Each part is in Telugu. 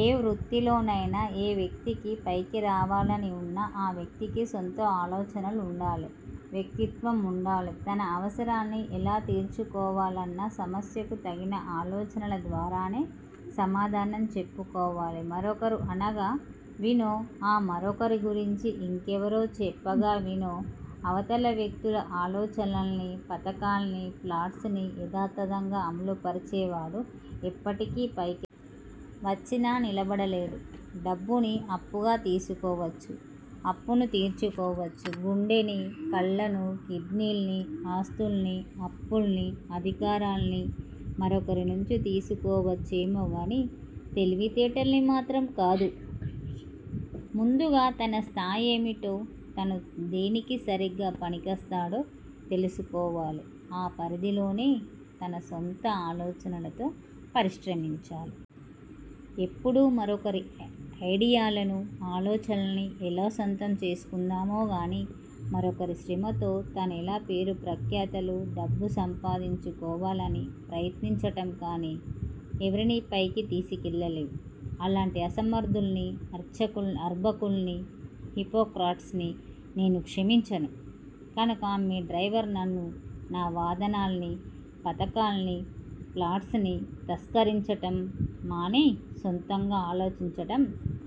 ఏ వృత్తిలోనైనా, ఏ వ్యక్తికి పైకి రావాలని ఉన్నా ఆ వ్యక్తికి సొంత ఆలోచనలుండాలి వ్యక్తిత్వముండాలి. తన అవసరాన్ని ఎలా తీర్చుకోవాలన్న సమస్యకు తన ఆలోచనల ద్వారానే సమాధానం చెప్పుకోవాలి. మరొకరు అనగా వినో, ఆ మరొకరి గురించి ఇంకెవరో చెప్పగా వినో అవతల వ్యక్తుల ఆలోచనల్ని, పథకాల్ని, ఫ్లాట్స్ ని యధాతధంగా అమలుపరిచేవాడు ఎప్పటికీ పైకి రాలేడు. వచ్చినా నిలబడలేడు. డబ్బుని అప్పుగా తీసుకోవచ్చు. అప్పుని తీర్చుకోవచ్చు. గుండెని, కళ్ళను, కిడ్నీల్ని, ఆస్తుల్ని, అప్పుల్ని, అధికారాల్ని మరొకరి నుంచి తీసుకోవచ్చేమో కాని తెలివితేటల్ని మాత్రం కాదు. ముందుగా తన స్థాయేమిటో తను దేనికి సరిగ్గా పనికొస్తాడో తెలుసుకోవాలి. ఆ పరిధిలోనే తన సొంత ఆలోచనలతో పరిశ్రమించాలి. ఎప్పుడూ మరొకరి ఐడియాలను, ఆలోచనల్ని ఎలా సొంతం చేసుకుందామనిగాని, మరొకరి శ్రమతో తనెలా పేరు ప్రఖ్యాతులు, డబ్బు సంపాదించుకోవాలని ప్రయత్నించటం కాని ఎవరినీ పైకి తీసుకెళ్ళలేవు. అలాంటి అసమర్ధుల్ని, అర్భకుల్ని, హిపోక్రాట్స్ ని నేను క్షమించను. కనుక మీ డ్రైవర్ నన్ను, నా విధానాల్ని, పధకాల్ని, ప్లాట్స్ ని తస్కరించటం మాని సొంతంగా ఆలోచించటం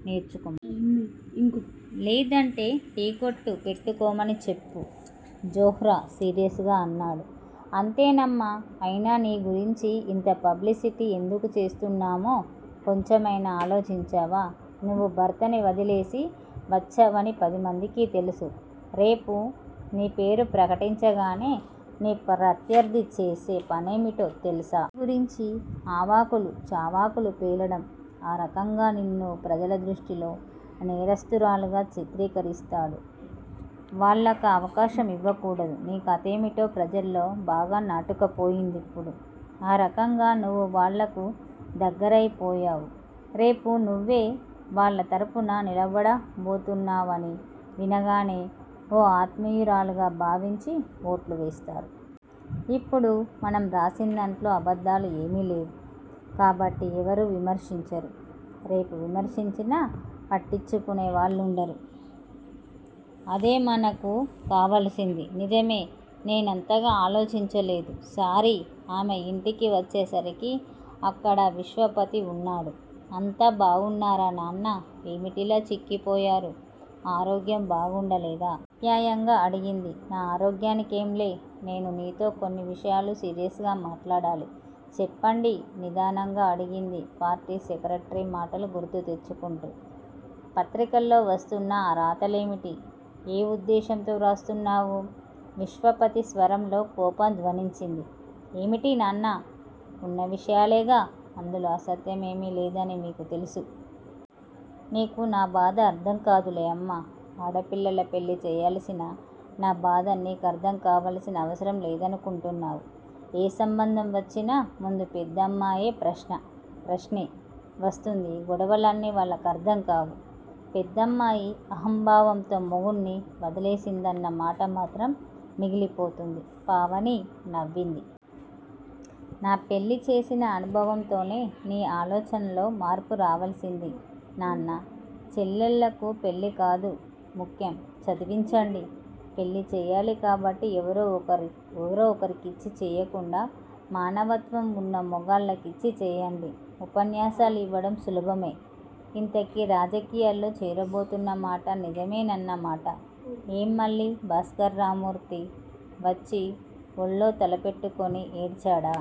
నేర్చుకొమ్మను. లేదంటే టీ కొట్టు పెట్టుకోమని చెప్పు జోహ్రా సీరియస్ గా అన్నాడు. అంతేనమ్మా! అయినా నీ గురించి ఇంత పబ్లిసిటీ ఎందుకు చేస్తున్నామో కొంచెమైనా ఆలోచించావా? నువ్వు భర్తని వదిలేసి వచ్చావాని పదిమందికీ తెలుసు. రేపు నీ పేరు ప్రకటించగానే నీ ప్రత్యర్ధి చేసే పనేమిటో తెలుసా? నీ గురించి అవాకులు చవాకులు పేలడం. ఆ రకంగా నిన్ను ప్రజల దృష్టిలో నేరస్థురాలిగా చిత్రీకరిస్తాడు. వాళ్ళకా అవకాశం యివ్వకూడదు. నీ కథేమిటో ప్రజల్లో బాగా నాటుకుపోయిందిప్పుడు. ఆ రకంగా నువ్వు వాళ్ళకు దగ్గరయిపోయావు. రేపు నువ్వే వాళ్ళ తరపున నిలబడబోతున్నావాని వినగానే ఓ ఆత్మీయురాలిగా భావించి ఓట్లు వేస్తారు. ఇప్పుడు మనం రాసిందాంట్లో అబద్దాలు ఏమీ లేవు కాబట్టి ఎవరూ విమర్శించరు. రేపు విమర్శించినా పట్టించుకునే వాళ్ళుండరు. అదే మనకు కావాల్సింది. నిజమే! నేనంతగా ఆలోచించలేదు. సారీ ఆమె ఇంటికి వచ్చేసరికి అక్కడ విశ్వపతి వున్నాడు. అంతా బాగున్నారా నాన్నా? ఏమిటిలా చిక్కి పోయారు? ఆరోగ్యం బాగుండలేదా? ఆప్యాయంగా అడిగింది. నా ఆరోగ్యానికేంలే నేను నీతో కొన్ని విషయాలు సీరియస్ గా మాట్లాడాలి. చెప్పండి నిదానంగా అడిగింది పార్టీ సెక్రటరీ మాటలు గుర్తు తెచ్చుకుంటూ. పత్రికల్లో వస్తున్న ఆ రాతలేమిటి? ఏ ఉద్దేశ్యంతో వ్రాస్తున్నావు? విశ్వపతి స్వరంలో కోపం ధ్వనించింది. ఏమిటి నాన్న? ఉన్న విషయాలేగా అందులో అసత్యం ఏమీ లేదనీ మీకూ తెలుసు. నీకు నా బాధ అర్ధం కాదులేమ్మా ఆడపిల్లల పెళ్ళి చేయాల్సిన నా బాధ నీకర్ధం కావాల్సిన అవసరం లేదనుకుంటున్నావు. ఏ సంబంధం వచ్చినా ముందు పెద్దమ్మాయి ప్రశ్నే వస్తుంది. ఈ గొడవలన్నీ వాళ్ళకర్ధం కావు. పెద్దమ్మాయి అహంభావంతో మొగుడ్ని వదిలేసిందన్న మాట మాత్రం మిగిలిపోతుంది. పావని నవ్వింది. నా పెళ్ళి చేసిన అనుభవంతోనైనా నీ ఆలోచనల్లో మార్పు రావాల్సింది నాన్నా! చెల్లెళ్ళకు పెళ్ళికాదు ముఖ్యం. చదివించండి. పెళ్ళి చేయాలి కాబట్టి ఎవరో ఒకరికిచ్చి చేయకుండా మానవత్వం వున్న మగాళ్ళకిచ్చి చేయండి. ఉపన్యాసాలు ఇవ్వడం సులభమే. ఇంతకీ రాజకీయాల్లో చేరబోతున్నమాట నిజమేనన్నమాట? ఏం మళ్ళీ భాస్కరరామ్మూర్తి వచ్చి ఒళ్ళో తల పెట్టుకుని ఏడ్చాడా?